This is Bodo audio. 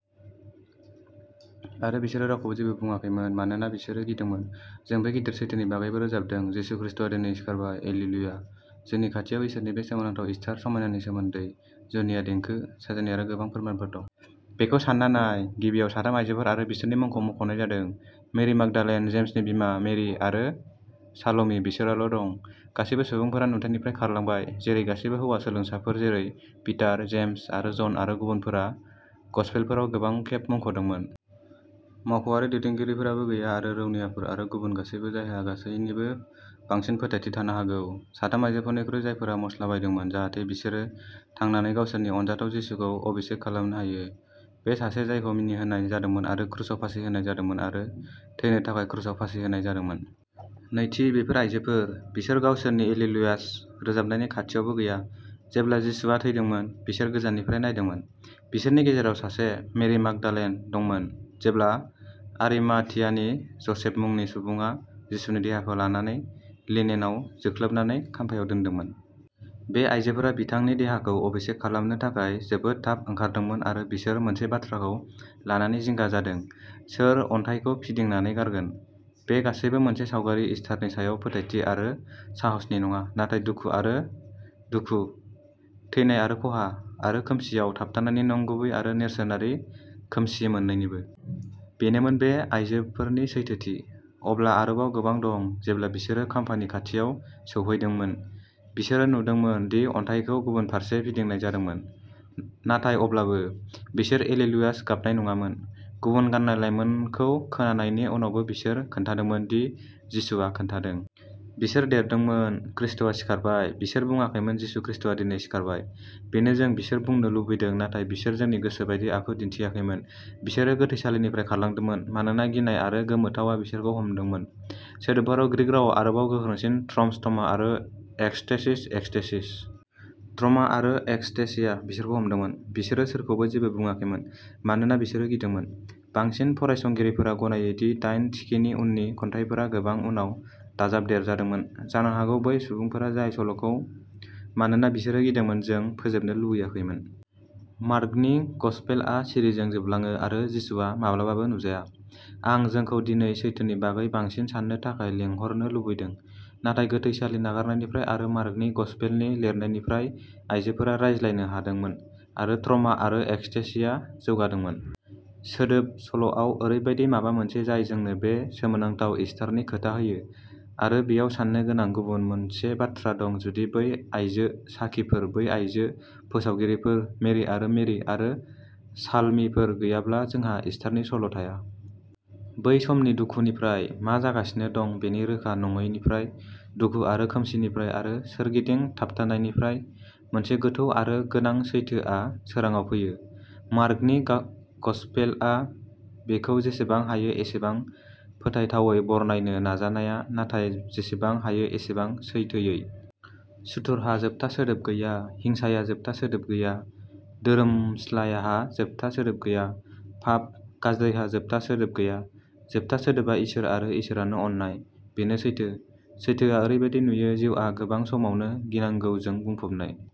आरो बिसोरो रावखौबो जेबो बुङाखैमोन, मानोना बिसोरो गिदोंमोन। जों बे गिदिर सैथोनि बागैबो रोजाबदों यीशु खृष्टआ दिनै सिखारबाय, एलेलुयिया। जोंनि खाथियाव इसोरनि बे सोमोनांथाव इस्टार समायनानि सोमोन्दै जुनिया देंखो, साजायनाय आरो गोबां फोरमानफोर दं। बेखौ सानना नाय गिबियाव, साथाम आयजोफोर आरो बिसोरनि मुंखौ मुंख'नाय जादों, मेरि मागदालेन, जेम्सनि बिमा मेरि आरो साल'मि बेसोराल' दं। गासैबो सुबुंफोरा नुथाइनिफ्राय खारलांबाय, जेरै गासैबो हौवा सोलोंसाफोर जेरै पिटार, जेम्स आरो जन आरो गुबुनफोरा गस्पेलफोराव गोबां खेब मुंख'दोंमोन। मावख'आरि दैदेनगिरिफोराबो गैया आरो रौनियाफोर आरो गुबुन गासैबो जायहा गासैनिबो बांसिन फोथायथि थानो हागौ, साथाम आयजोफोरनिख्रुइ जायफोरा मस्ला बायदोंमोन जाहाथे बिसोरो थांनानै गावसोरनि अनजाथाव जिसुखौ अभिषेक खालामनो हायो, बे सासे जायखौ मिनिहोनाय जादोंमोन आरो क्रुसाव फासि होनाय जादोंमोन आरो थैनो थाखाय क्रुसाव फासि होनाय जादोंमोन। नैथि, बेफोर आयजोफोर। बिसोर गावसोरनि एलेलुयास रोजाबनायनि खाथियावबो गैया। जेब्ला जिसुआ थैदोंमोन, बिसोर गोजाननिफ्राय नायदोंमोन। बिसोरनि गेजेराव सासे, मेरि माग्दालेन, दंमोन जेब्ला आरिमाथियानि ज'सेफ मुंनि सुबुङा जिसुनि देहाखौ लानानै लिनेनआव जोख्लोबनानै खाम्फायाव दोनदोंमोन। बे आइजोफोरा बिथांनि देहाखौ अभिषेक खालामनो थाखाय जोबोद थाब ओंखारदोंमोन आरो बिसोर मोनसे बाथ्राखौ लानानै जिंगा जादों, सोर अन्थाइखौ फिदिंनानै गारगोन? बे गासैबो मोनसे सावगारि इस्टारनि सायाव फोथायथि आरो साहसनि नङा नाथाय दुखु आरो दुखु, थैनाय आरो खहा, आरो खोमसिआव थाबथानायनि नंगुबै आरो नेरसोनारि खोमसि मोन्नैनिबो। बेनोमोन बे आइजोफोरनि सैथोथि। अब्ला आरोबाव गोबां दं। जेब्ला बिसोरो खाम्फानि खाथियाव सौहैदोंमोन, बिसोरो नुदोंमोन दि अन्थाइखौ गुबुन फारसे फिदिंनाय जादोंमोन। नाथाय अब्लाबो, बिसोरो एलेलुयास गाबनाय नङामोन। गुफुर गान्नाय लाइमोनखौ खोनानायनि उनावबो बिसोर खोन्थादोंमोन दि जिसुआ खोन्थादों। बिसोर देरदोंमोन, खृष्टआ सिखारबाय! बिसोर बुङाखैमोन, जिसु ख्रीष्टआ दिनै सिखारबाय! बेनो जों बिसोर बुंनो लुबैदों, नाथाय बिसोर जोंनि गोसो बायदि आखु दिन्थियाखैमोन। बिसोरो गोथैसालिनिफ्राय खारलांदोंमोन मानोना गिनाय आरो गोमोथावआ बिसोरखौ हमदोंमोन। सोदोबफोरा ग्रीक रावाव आरोबाव गोख्रोंसिन ट्रम'स ट्रमा आरो एक्सटेसिस एक्सटेसि। ट्रमा आरो एक्सटेसिया बिसोरखौ हमदोंमोन। बिसोरो सोरखौबो जेबो बुंङाखैमोन, मानोना बिसोरो गिदोंमोन। बांसिन फरायसंगिरिफोरा गनायो दि दाइन थिखिनि उननि खन्थाइफोरा गोबां उनाव दाजाबदेरजादोंमोन, जानो हागौ बै सुबुंफोरा जाय सल'खौ मानोना बिसोरो गिदोंमोन जों फोजोबनो लुबैयाखैमोन। मार्कनि गसपेलआ सिरिजों जोबलाङो आरो जिसुआ माब्लाबाबो नुजाया। आं जोंखौ दिनै सैथोनि बागै बांसिन साननो थाखाय लिंहरनो लुबैदों। नाथाय गोथैसालि नागारनायनिफ्राय आरो मार्कनि गसपेलनि लिरनायनिफ्राय, आइजोफोरा रायज्लायनो हादोंमोन आरो ट्रमा आरो एक्सटेसिया जौगादोंमोन। सोदोब, सल'आव, ओरैबायदि माबा मोनसे जाय जोंनो बे सोमोनांथाव इस्टारनि खोथा होयो। आरो बेयाव साननो गोनां गुबुन मोनसे बाथ्रा दं जुदि बै आइजो साखिफोर, बै आइजो फोसावगिरिफोर, मेरि आरो मेरि आरो साल'मिफोर गैयाब्ला, जोंहा इस्टारनि सल'थाया। बै समनि दुखुनिफ्राय, मा जागासिनो दं बेनि रोखा नङैनिफ्राय, दुखु आरो खोमसिनिफ्राय आरो सोरगिदिं थाबथानायनिफ्राय, मोनसे गोथौ आरो गोनां सैथोआ सोराङाव फैयो। मार्कनि गसपेलआ बेखौ जेसेबां हायो एसेबां फोथायथावै बरनायनो नाजानाया, नाथाय जेसेबां हायो एसेबां सैथोयै। सुथुरहा जोबथा सोदोब गैया। हिंसाया जोबथा सोदोब गैया। धोरोमस्लायहा जोबथा सोदोब गैया। पाप, गाज्रिहा जोबथा सोदोब गैया। जोबथा सोदोबा इसोर आरो इसोरानो अननाय। बेनो सैथो। सैथोआ ओरैबादि नुयो जिउआ गोबां समावनो गिनांगौजों बुंफबनाय।